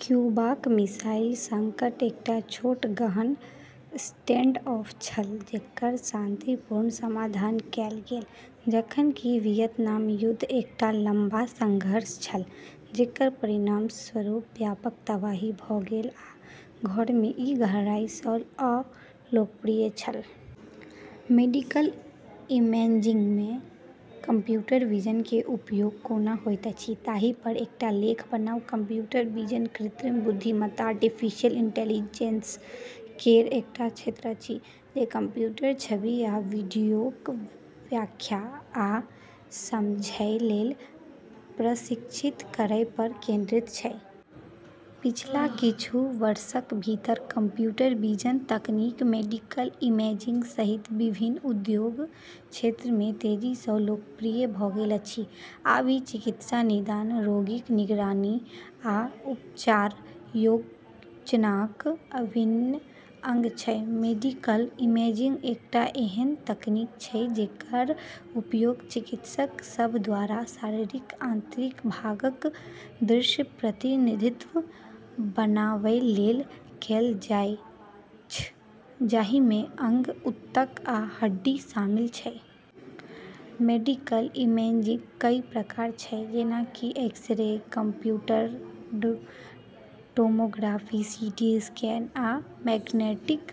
क्यूबाक missile संकट एकटा छोट, गहन स्टैंडऑफ छल जेकर शांतिपूर्ण समाधान कएल गेल, जखन कि वियतनाम युद्ध एकटा लम्बा संघर्ष छल जेकर परिणामस्वरूप व्यापक तबाही भऽ गेल आ घरमे ई गहराईसँ अलोकप्रिय छल। मेडिकल इमेजिंगमे कंप्यूटर विजन के उपयोग कोना होइत अछि ताहि पर एकटा लेख बनाउ। कंप्यूटर विजन कृत्रिम बुद्धिमत्ता आर्टिफिशियल इंटेलिजेंस केर एकटा क्षेत्र अछि जे कंप्यूटरकेँ छवि आ वीडियोक व्याख्या आ समझैलेल प्रशिक्षित करैपर केंद्रित छै। पिछला किछु वर्षक भीतर कंप्यूटर विजन तकनीक मेडिकल इमेजिंग सहित विभिन्न उद्योग क्षेत्रमे तेजीसँ लोकप्रिय भऽ गेल अछि। आब ई चिकित्सा निदान, रोगीक निगरानी, आ उपचार योजनाक अभिन्न अंग छै। मेडिकल इमेजिंग एकटा एहन तकनीक छै जेकर उपयोग चिकित्सक सभद्वारा शरीरक आंतरिक भागक दृश्य प्रतिनिधित्व बनाबैलेल कएल जाइछ, जाहिमे अंग, ऊतक आ हड्डी शामिल छै। मेडिकल इमेजिंगक कई प्रकार छै, जेना कि X-ray, computed tomography CT scan, आ magnetic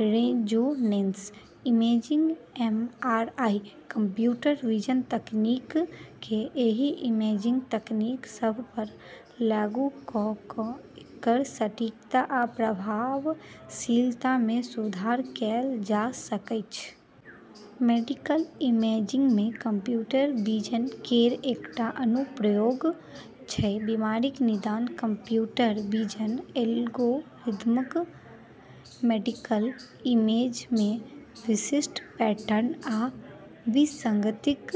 resonance imaging MRI. Computer vision तकनीककेँ एहि इमेजिंग तकनीक सभपर लागू कऽ कऽ एकर सटीकता आ प्रभावशीलतामे सुधार कएल जा सकैछ। मेडिकल इमेजिंगमे कंप्यूटर विजन केर एकटा अनुप्रयोग छै बीमारीक निदान। कंप्यूटर विजन एल्गोरिदमकेँ मेडिकल इमेजमे विशिष्ट पैटर्न आ विसंगतिक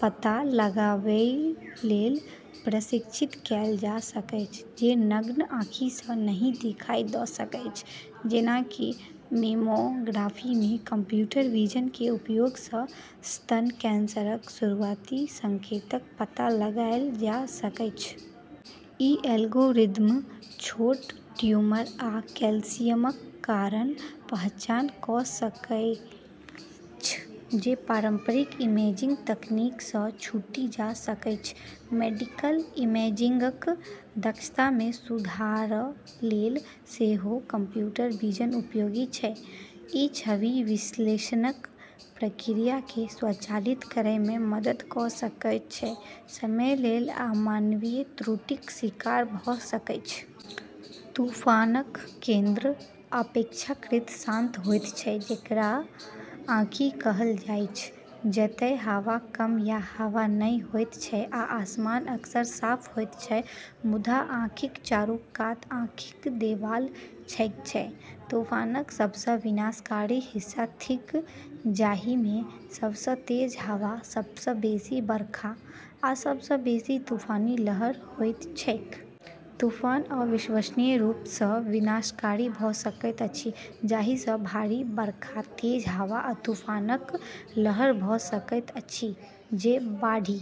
पता लगाबैलेल प्रशिक्षित कएल जा सकैछ, जे नग्न आँखिसँ नहि दिखाई दऽ सकैछ। जेना कि मैमोग्राफीमे कंप्यूटर विजन के उपयोगसँ स्तन कैंसरक शुरुआती संकेतक पता लगाएल जा सकैछ। ई एल्गोरिदम छोट ट्यूमर या कैल्शियमीकरणक पहचान कऽ सकैछ जे पारंपरिक इमेजिंग तकनीकसँ छूटी जा सकैछ। मेडिकल इमेजिंगक दक्षतामे सुधारलेल सेहो कंप्यूटर विजन उपयोगी छै। ई छवि विश्लेषणक प्रक्रियाकेँ स्वचालित करैमे मदद कऽ सकैछ, जे समयलेल आ मानवीय त्रुटिक शिकार भऽ सकैछ। तूफानक केंद्र अपेक्षाकृत शांत होइत छै, जेकरा आँखि कहल जाइछ, जतए हवा कम या हवा नहि होइत छै आ आसमान अक्सर साफ होइत छै। मुदा, आँखिक चारूकात आँखिक देबाल छैक, जे तूफानक सबसँ विनाशकारी हिस्सा थिक, जाहिमे सबसँ तेज हवा, सबसँ बेसी बरखा, आ सबसँ बेसी तूफानी लहर होइत छैक। तूफान अविश्वसनीय रूपसँ विनाशकारी भऽ सकैत अछि, जाहिसँ भारी बरखा, तेज हवा, आ तूफानक लहर भऽ सकैत अछि जे बाढ़ि--